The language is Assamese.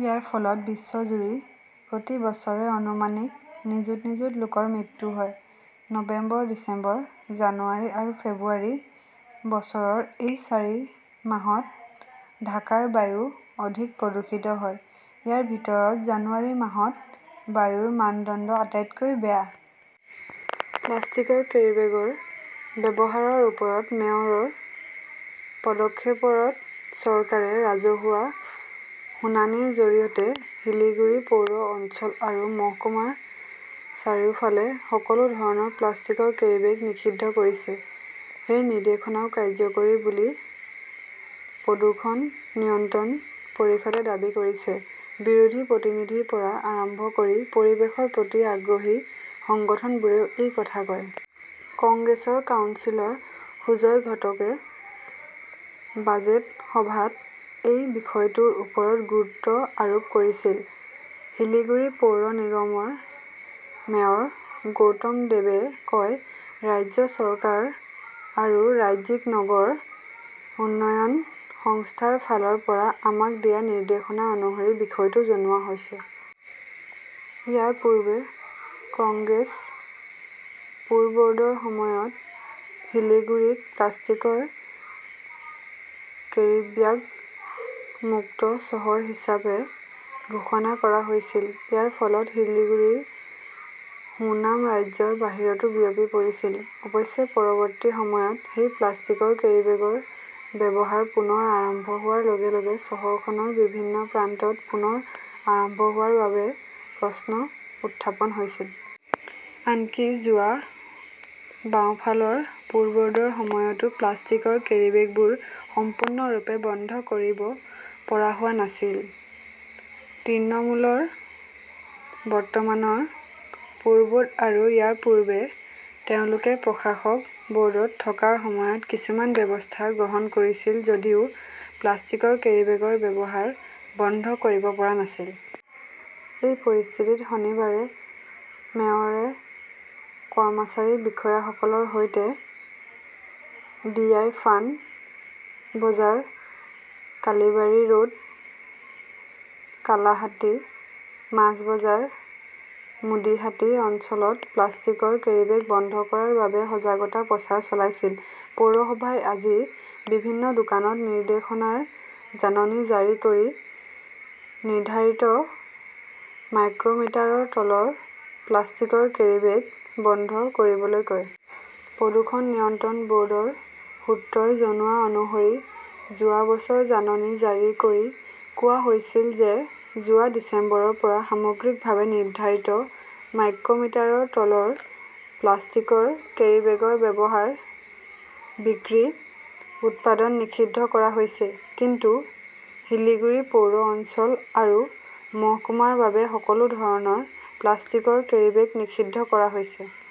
ইয়াৰ ফলত বিশ্বজুৰি প্ৰতি বছৰে আনুমানিক নিযুত নিযুত লোকৰ মৃত্যু হয়। নৱেম্বৰ, ডিচেম্বৰ, জানুৱাৰী আৰু ফেব্ৰুৱাৰী, বছৰৰ এই চাৰি মাহত ঢাকাৰ বায়ু অধিক প্ৰদূষিত হয়। ইয়াৰ ভিতৰত জানুৱাৰী মাহত বায়ুৰ মানদণ্ড আটাইতকৈ বেয়া। প্লাষ্টিকৰ কেৰিবেগৰ ব্যৱহাৰৰ ওপৰত মেয়ৰৰ পদক্ষেপৰত চৰকাৰে ৰাজহুৱা শুনানিৰ জৰিয়তে শিলিগুড়ি পৌৰ অঞ্চল আৰু মহকুমাৰ চাৰিওফালে সকলো ধৰণৰ প্লাষ্টিকৰ কেৰীবেগ নিষিদ্ধ কৰিছে। সেই নিৰ্দেশনাও কাৰ্যকৰী বুলি প্ৰদূষণ নিয়ন্ত্ৰণ পৰিষদে দাবী কৰিছে। বিৰোধী প্ৰতিনিধিৰ পৰা আৰম্ভ কৰি পৰিৱেশৰ প্ৰতি আগ্ৰহী সংগঠনবোৰেও এই কথা কয়। কংগ্ৰেছৰ কাউন্সিলৰ সুজয় ঘটকে বাজেট সভাত এই বিষয়টোৰ ওপৰত গুৰুত্ব আৰোপ কৰিছিল। শিলিগুড়ি পৌৰ নিগমৰ মেয়ৰ গৌতম দেৱে কয়, ৰাজ্য চৰকাৰ আৰু ৰাজ্যিক নগৰ উন্নয়ন সংস্থাৰ ফালৰ পৰা আমাক দিয়া নিৰ্দেশনা অনুসৰি বিষয়টো জনোৱা হৈছে। ইয়াৰ পূৰ্বে কংগ্ৰেছ পুৰবৰ্ডৰ সময়ত শিলিগুৰীক প্লাষ্টিকৰ কেৰিব্যাগ-মুক্ত চহৰ হিচাপে ঘোষণা কৰা হৈছিল। ইয়াৰ ফলত শিলিগুৰীৰ সুনাম ৰাজ্যৰ বাহিৰতো বিয়পি পৰিছিল। অৱশ্যে, পৰৱৰ্তী সময়ত সেই প্লাষ্টিকৰ কেৰিবেগৰ ব্যৱহাৰ পুনৰ আৰম্ভ হোৱাৰ লগে লগে চহৰখনৰ বিভিন্ন প্ৰান্তত পুনৰ আৰম্ভ হোৱাৰ বাবে প্ৰশ্ন উত্থাপন হৈছিল। আনকি যোৱা বাওঁফালৰ পুৰবৰ্ডৰ সময়তো প্লাষ্টিকৰ কেৰিবেগবোৰ সম্পূৰ্ণৰূপে বন্ধ কৰিব পৰা হোৱা নাছিল। তৃণমূলৰ বৰ্তমানৰ পুৰবৰ্ড আৰু ইয়াৰ পূৰ্বে, তেওঁলোকে প্ৰশাসক বৰ্ডত থকাৰ সময়ত কিছুমান ব্যৱস্থা গ্ৰহণ কৰিছিল যদিও প্লাষ্টিকৰ কেৰিবেগৰ ব্যৱহাৰ বন্ধ কৰিব পৰা নাছিল। এই পৰিস্থিতিত শনিবাৰে মেয়ৰে কৰ্মচাৰী, বিষয়াসকলৰ সৈতে ডি. আই. ফাণ্ড বজাৰ, কালিবাৰী ৰোড, কালাহাটি, মাছ বজাৰ, মুডিহাটি অঞ্চলত প্লাষ্টিকৰ কেৰিবেগ বন্ধ কৰাৰ বাবে সজাগতা প্ৰচাৰ চলাইছিল। পৌৰসভাই আজি বিভিন্ন দোকানত নিৰ্দেশনাৰ জাননী জাৰি কৰি নিৰ্ধাৰিত মাইক্ৰমিটাৰৰ তলৰ প্লাষ্টিকৰ কেৰীবেগ বন্ধ কৰিবলৈ কয়। প্ৰদূষণ নিয়ন্ত্ৰণ বৰ্ডৰ সূত্ৰই জনোৱা অনুসৰি যোৱা বছৰ জাননী জাৰি কৰি কোৱা হৈছিল যে যোৱা ডিচেম্বৰৰ পৰা সামগ্ৰিকভাৱে নিৰ্ধাৰিত মাইক্ৰমিটাৰৰ তলৰ প্লাষ্টিকৰ কেৰিবেগৰ ব্যৱহাৰ, বিক্ৰী, উৎপাদন নিষিদ্ধ কৰা হৈছে। কিন্তু শিলিগুড়ি পৌৰ অঞ্চল আৰু মহকুমাৰ বাবে সকলো ধৰণৰ প্লাষ্টিকৰ কেৰীবেগ নিষিদ্ধ কৰা হৈছে।